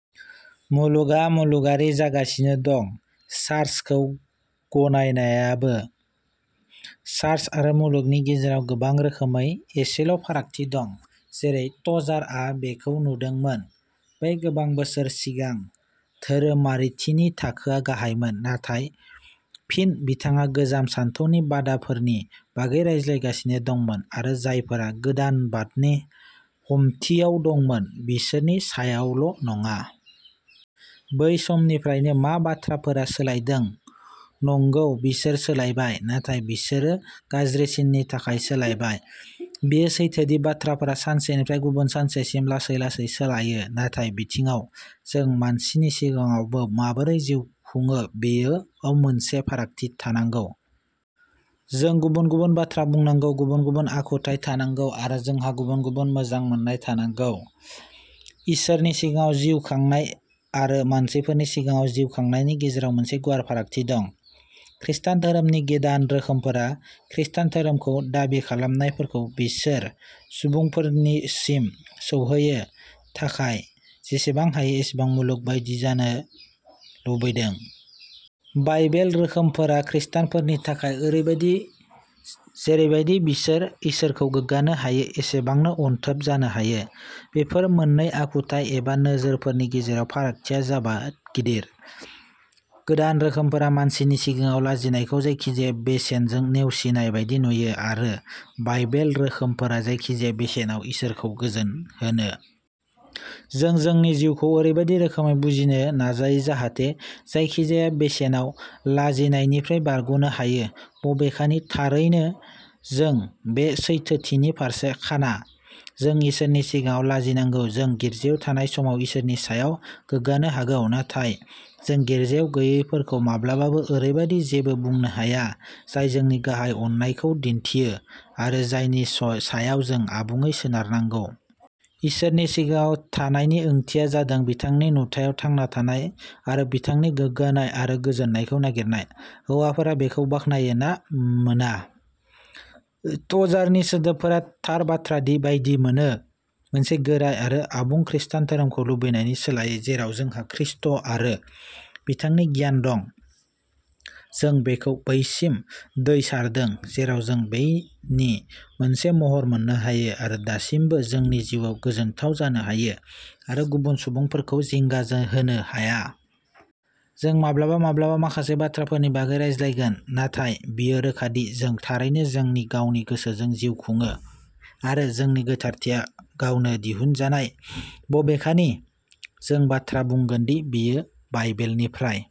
मुलुगआ मुलुगारि जागासिनो दं आरो चार्चखौ गनायनायाबो। चार्च आरो मुलुगनि गेजेराव गोबां रोखोमै एसेल'फारागथि दं। जेरै टजारआ बेखौ नुदोंमोन, बै गोबां बोसोर सिगां, धोरोमारिथिनि थाखोआ गाहायमोन। नाथाय फिन, बिथांङा गोजाम सानथौनि बादाफोरनि बागै रायज्लायगासिनो दंमोन आरो जायफोरा गोदानबादनि हमथियाव दंमोन बिसोरनि सायावल'नंङा। बै समनिफ्रायनो मा बाथ्राफोरा सोलायदों? नंगौ, बिसोर सोलायबाय, नाथाय बिसोरो गाज्रिसिननि थाखाय सोलायबाय। बेयो सैथो दि बाथ्राफोरा सानसेनिफ्राय गुबुन सानसेसिम लासै लासै सोलायो, नाथाय बिथिंङाव। जों मानसिनि सिगांङावबो माबोरै जिउ खुंयो बेयाव मोनसे फारागथि थानांगौ। जों गुबुन-गुबुन बाथ्रा बुंनांगौ, गुबुन-गुबुन आखुथाय थानांगौ, आरो जोंहा गुबुन-गुबुन मोजां मोननाय थानांगौ। इसोरनि सिगांङाव जिउ खांनाय आरो मानसिफोरनि सिगांङाव जिउ खांनायनि गेजेराव मोनसे गुवार फारागथि दं। खृष्टान धोरोमनि गिदान रोखोमफोरा खृष्टान धोरोमखौ दाबि खालामनायफोरखौ बेसोर सुबुंफोरसिम सौहैनो थाखाय जेसेबां हायो एसेबां मुलुग बायदि जानो लुबैदों। बाइबेल रोखोमफोरा खृष्टानफोरनि थाखाय ओरैबादि जेरैबादि बिसोर इसोरखौ गोग्गानो हायो एसेबांनो अनथोब जानो हायो। बेफोर मोन्नै आखुथाय एबा नोजोरफोरनि गेजेराव फारागथिया जाबोद गिदिर। गोदान रोखोमफोरा मानसिनि सिगांङाव लाजिनायखौ जायखिजाया बेसेनजों नेवसिनाय बायदि नुयो आरो बाइबेल रोखोमफोरा जायखिजाया बेसेनाव इसोरखौ गोजोनहोनो। जों जोंनि जिउखौ ओरैबायदि रोखोमै बुजिनो नाजायो जाहाथे जायखिजाया बेसेनाव लाजिनायनिफ्राय बारग'नो हायो, बबेखानि थारैनो जों बे सैथोथिनि फारसे खाना। जों इसोरनि सिगांङाव लाजिनांगौ। जों गिर्जायाव थानाय समाव इसोरनि सायाव गोग्गानो हागौ, नाथाय जों गिर्जायाव गैयैफोरखौ माब्लाबाबो ओरैबायदि जेबो बुंनो हाया जाय जोंनि गाहाय अननायखौ दिन्थियो आरो जायनि सय-सायाव जों आबुंङै सोनारनांगौ। इसोरनि सिगांङाव थानायनि ओंथिया जादों बिथांनि नुथायाव थांना थानाय आरो बिथांनि गोग्गानाय आरो गोजोननायखौ नागिरनाय, हौवाफोरा बेखौ बाख्नायो ना मोना। टजारनि सोदोबफोरा थार बाथ्रा बायदि मोनो। मोनसे गोरा आरो आबुं खृस्टान धोरोमखौ लुबैनायनि सोलायै जेराव जोंहा खृष्ट आरो बिथांनि गियान दं, जों बेखौ बैसिम दै सारदों जेराव जों बैनि मोनसे महर मोननो हायो आरो दासिमबो जोंनि जिउआव गोजोनथाव जानो हायो आरो गुबुन सुबुंफोरखौ जिंगा होनो हाया। जों माब्लाबा माब्लाबा माखासे बाथ्राफोरनि बागै रायज्लायगोन, नाथाय बेयो रोखा दि जों थारैनो जोंनि गावनि गोसोजों जिउ खुंङो आरो जोंनि गोथारथिया गावनो दिहुनजानाय, बबेखानि जों बाथ्रा बुंगोन दि बेयो बाइबेलनिफ्राय।